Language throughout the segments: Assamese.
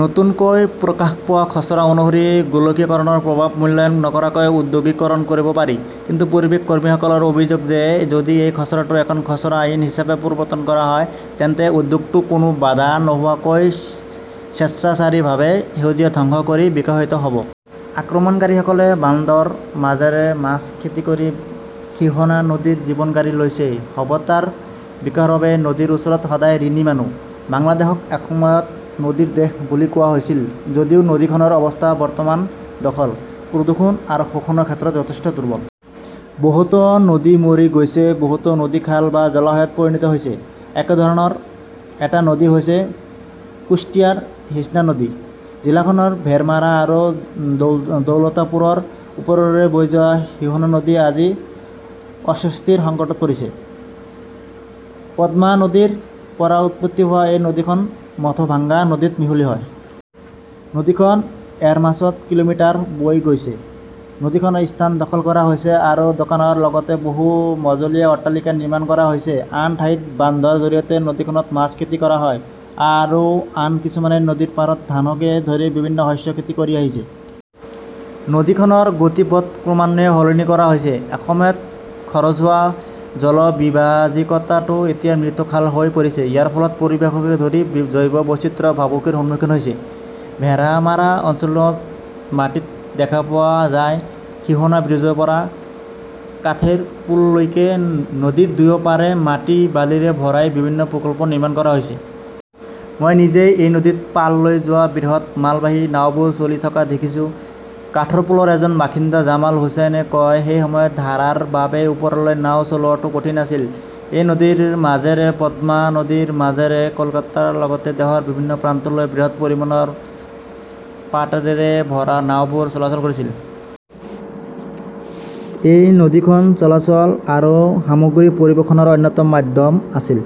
নতুনকৈ প্ৰকাশ পোৱা খচৰা অনুসৰি গোলকীয়কৰণৰ প্ৰভাৱ মূল্যায়ন নকৰাকৈ ঔদ্যোগিকৰণ কৰিব পাৰি। কিন্তু পৰিৱেশ কৰ্মীসকলৰ অভিযোগ যে যদি এই খচৰাটো এখন খচৰা আইন হিচাপে প্ৰৱৰ্তন কৰা হয়, তেন্তে উদ্যোগটো কোনো বাধা নোহোৱাকৈ সে স্বেচ্ছাচাৰীভাৱে সেউজীয়া ধ্বংস কৰি বিকশিত হ'ব। আক্ৰমণকাৰীসকলে বান্দৰ মাজেৰে মাছ খেতি কৰি হিসনা নদীৰ জীৱন কাঢ়ি লৈছে সভ্যতাৰ বিকাশৰ বাবে নদীৰ ওচৰত সদায় ঋণী মানুহ। বাংলাদেশক এসময়ত নদীৰ দেশ বুলি কোৱা হৈছিল যদিও নদীখনৰ অৱস্থা বৰ্তমান দখল, প্ৰদূষণ আৰু শোষণৰ ক্ষেত্ৰত যথেষ্ট দুৰ্বল। বহুতো নদী মৰি গৈছে বহুতো নদী খাল বা জলাশয়ত পৰিণত হৈছে। একেধৰণৰ এটা নদী হৈছে কুশটিয়াৰ হিসনা নদী। জিলাখনৰ ভেৰমাৰা আৰু দৌ দৌলতাপুৰৰ ওপৰেৰে বৈ যোৱা হিসনা নদী আজি অস্বস্তিৰ সংকটত পৰিছে। পদ্মা নদীৰ পৰা উৎপত্তি হোৱা এই নদীখন মথভাঙ্গা নদীত মিহলি হয়। নদীখন এৰমাছত কিলোমিটাৰ বৈ গৈছে। নদীখনৰ স্থান দখল কৰা হৈছে আৰু দোকানৰ লগতে বহু-মজলীয়া অট্টালিকা নিৰ্মাণ কৰা হৈছে। আন ঠাইত বান্ধৰ জৰিয়তে নদীখনত মাছ খেতি কৰা হয়। আৰু আন কিছুমানে নদীৰ পাৰত ধানকে ধৰি বিভিন্ন শস্য খেতি কৰি আছে। নদীখনৰ গতিপথ ক্ৰমান্বয়ে সলনি কৰা হৈছে। এসময়ত খৰচ হোৱা জলবিভাজিকাটো এতিয়া মৃত খাল হৈ পৰিছে ইয়াৰ ফলত পৰিৱেশকে ধৰি জৈৱ বৈচিত্ৰ্য ভাবুকিৰ সন্মুখীন হৈছে। ভেৰামাৰা অঞ্চলত মাটিত দেখা পোৱা যায় হিসনা ব্ৰীজৰ পৰা কাথেৰপুললৈকে নদীৰ দুয়ো পাৰে মাটি-বালিৰে ভৰাই বিভিন্ন প্ৰকল্প নিৰ্মাণ কৰা হৈছে। মই নিজেই এই নদীত পাল লৈ যোৱা বৃহৎ মালবাহী নাওবোৰ চলি থকা দেখিছো। কাঠৰপুলৰ এজন বাসিন্দা জামাল হুচেইনে কয় সেই সময়ত ধাৰাৰ বাবে ওপৰলৈ নাও চলোৱাটো কঠিন আছিল। এই নদীৰ মাজেৰে পদ্মা নদীৰ মাজেৰে কলকাতাৰ লগতে দেশৰ বিভিন্ন প্ৰান্তলৈ বৃহৎ পৰিমাণৰ পাটৰেৰে ভৰা নাওবোৰ চলাচল কৰিছিল। এই নদীখন চলাচল আৰু সামগ্ৰী পৰিবহণৰ অন্যতম মাধ্যম আছিল।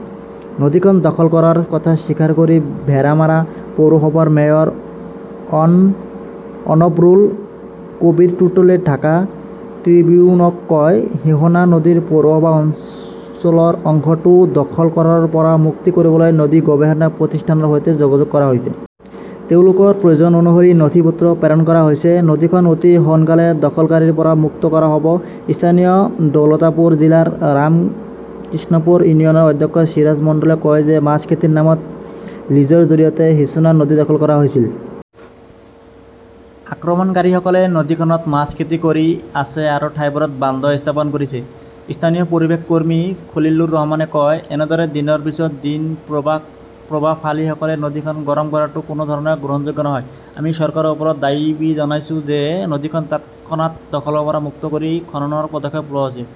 নদীখন দখল কৰাৰ কথা স্বীকাৰ কৰি ভেৰামাৰা পৌৰসভাৰ মেয়ৰ অনৱৰুল কবীৰ টুটুলে ঢাকা ট্ৰিবিউনক কয়, হিসনা নদীৰ পৌৰসভা অঞ্চলৰ অংশটো দখল কৰাৰ পৰা মুক্ত কৰিবলৈ নদী গৱেষণা প্ৰতিষ্ঠানৰ সৈতে যোগাযোগ কৰা হৈছে। তেওঁলোকৰ প্ৰয়োজন অনুসৰি নথিপত্ৰ প্ৰেৰণ কৰা হৈছে, নদীখন অতি সোনকালেই দখলকাৰীৰ পৰা মুক্ত কৰা হ'ব। স্থানীয় দৌলতাপুৰ জিলাৰ ৰামকৃষ্ণপুৰ ইউনিয়নৰ অধ্যক্ষ চিৰাজ মণ্ডলে কয় যে মাছ খেতিৰ নামত লিজৰ জৰিয়তে হিছনা নদী দখল কৰা হৈছিল। আক্ৰমণকাৰীসকলে নদীখনত মাছ খেতি কৰি আছে আৰু ঠাইবোৰত বান্ধ স্থাপন কৰিছে। স্থানীয় পৰিৱেশ কৰ্মী খলিলুৰ ৰহমানে কয়, এনেদৰে দিনৰ পিছত দিন প্ৰভাৱশালীসকলে নদীখন গৰম কৰাটো কোনো ধৰণে গ্ৰহণযোগ্য নহয় ,আমি চৰকাৰৰ ওচৰত দাবী জনাইছো যে নদীখন তৎক্ষণাত দখলৰ পৰা মুক্ত কৰি খননৰ পদক্ষেপ লোৱা হওঁক।